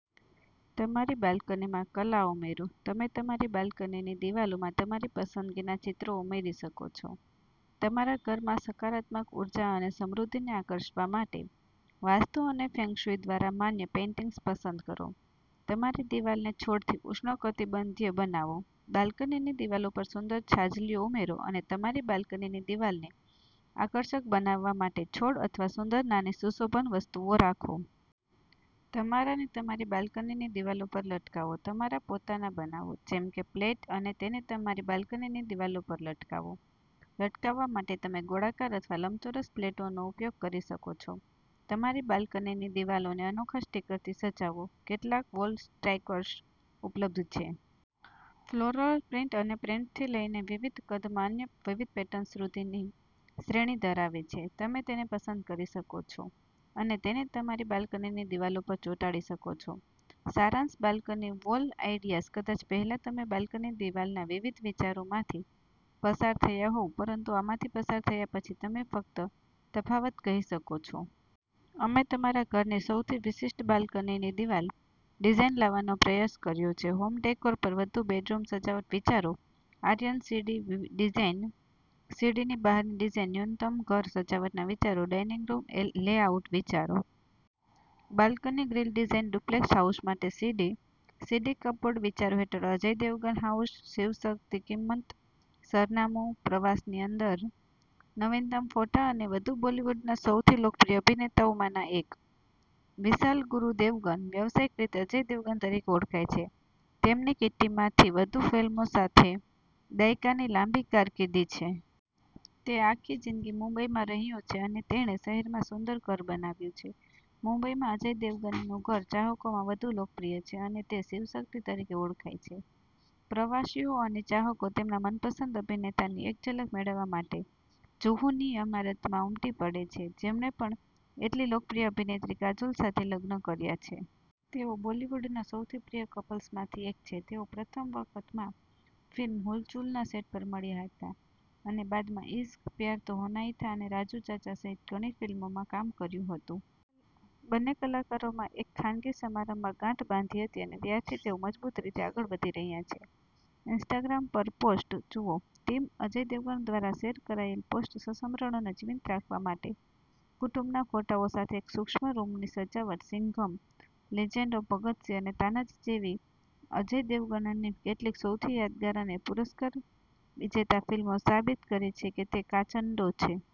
તમારી બાલ્કનીમાં કલા ઉમેરોતમે તમારી બાલ્કનીની દિવાલોમાં તમારી પસંદગીના ચિત્રો ઉમેરી શકો છો. તમારા ઘરમાં સકારાત્મક ઉર્જા અને સમૃદ્ધિને આકર્ષવા માટે વાસ્તુ અને ફેંગશુઈ દ્વારા માન્ય પેઇન્ટિંગ્સ પસંદ કરો. તમારી દિવાલને છોડથી ઉષ્ણકટિબંધીય બનાવોબાલ્કનીની દિવાલો પર સુંદર છાજલીઓ ઉમેરો અને તમારી બાલ્કનીની દિવાલને આકર્ષક બનાવવા માટે છોડ અથવા સુંદર નાની સુશોભન વસ્તુઓ રાખો. તમારા ને તમારી બાલ્કનીની દિવાલો પર લટકાવોતમારા પોતાના બનાવો, જેમ કે પ્લેટ અને તેને તમારી બાલ્કનીની દિવાલો પર લટકાવો. લટકાવવા માટે તમે ગોળાકાર અથવા લંબચોરસ પ્લેટોનો ઉપયોગ કરી શકો છો. તમારી બાલ્કનીની દિવાલોને અનોખા સ્ટીકરોથી સજાવોકેટલાક વોલ સ્ટ્રાઈકર્સ ઉપલબ્ધ છે. ફ્લોરલ પ્રિન્ટ અને પ્રિન્ટથી લઈને વિવિધ કદમાં અન્ય વિવિધ પેટર્ન સુધીની શ્રેણી ધરાવે છે. તમે તેને પસંદ કરી શકો છો અને તેને તમારી બાલ્કનીની દિવાલો પર ચોંટાડી શકો છો. સારાંશબાલ્કની વોલ આઇડિયાઝ કદાચ પહેલાં તમે બાલ્કનીની દિવાલના વિવિધ વિચારોમાંથી પસાર થયા હોવ પરંતુ આમાંથી પસાર થયા પછી તમે ફક્ત તફાવતકહી શકો છો. અમે તમારા ઘરની સૌથી વિશિષ્ટ બાલ્કની દિવાલ ડિઝાઇન લાવવાનો પ્રયાસ કર્યો છે. હોમ ડેકોર પર વધુ બેડરૂમ સજાવટ વિચારો આયર્ન સીડી ડિઝાઇન સીડીની બહારની ડિઝાઇન ન્યૂનતમ ઘર સજાવટના વિચારો ડાઇનિંગ રૂમ લેઆઉટ વિચારો balcony grill design duplex house માટે સીડી સીડી કપબોર્ડ વિચારો હેઠળ અજય દેવગન હાઉસ શિવશક્તિકિંમત, સરનામું, પ્રવાસની અંદર, નવીનતમ ફોટા અને વધુ બોલિવૂડના સૌથી લોકપ્રિય અભિનેતાઓમાંના એક, વિશાલ વીરુ દેવગન, વ્યવસાયિક રીતે અજય દેવગન તરીકે ઓળખાય છે, તેમની કિટ્ટીમાં થી વધુ ફિલ્મો સાથે દાયકાની લાંબી કારકિર્દી છે. તે આખી જીંદગી મુંબઈમાં રહ્યો છે અને તેણે શહેરમાં સુંદર ઘર બનાવ્યું છે. મુંબઈમાં અજય દેવગનનું ઘર ચાહકોમાં ઘણું લોકપ્રિય છે અને તે 'શિવશક્તિ' તરીકે ઓળખાય છે. પ્રવાસીઓ અને ચાહકો તેમના મનપસંદ અભિનેતાની એક ઝલક મેળવવા માટે જુહુનીઇમારતમાં ઉમટી પડે છે, જેમણે પણ એટલીલોકપ્રિય અભિનેત્રી, કાજોલ સાથે લગ્ન કર્યા છે. તેઓ બોલિવૂડના સૌથી પ્રિય કપલ્સમાંથી એક છે. તેઓ પ્રથમ વખત માં ફિલ્મ "હુલચુલ" ના સેટ પર મળ્યા હતા અને બાદમાં "ઇશ્ક," "પ્યાર તો હોના હી થા," અને "રાજુ ચાચા" સહિત ઘણી ફિલ્મોમાં સાથે કામ કર્યું હતું. બંને કલાકારોએ માં એક ખાનગી સમારંભમાં ગાંઠ બાંધી હતી અને ત્યારથી તેઓ મજબૂત રીતે આગળ વધી રહ્યા છે. ઇન્સ્ટાગ્રામ પરપોસ્ટ જુઓ ટીમ અજય દેવગણ દ્વારા શેર કરાયેલ પોસ્ટ સંસ્મરણોને જીવંત રાખવા માટે કુટુંબના ફોટાઓ સાથે એક સૂક્ષ્મ રૂમની સજાવટ સિંઘમ, લિજેન્ડ ઓફ ભગત સિંહ અને તાનાજી જેવી અજવ દેવગનની કેટલીક સૌથી યાદગાર અને પુરસ્કાર વિજેતા ફિલ્મો સાબિત કરે છે કે તે કાચંડો છે.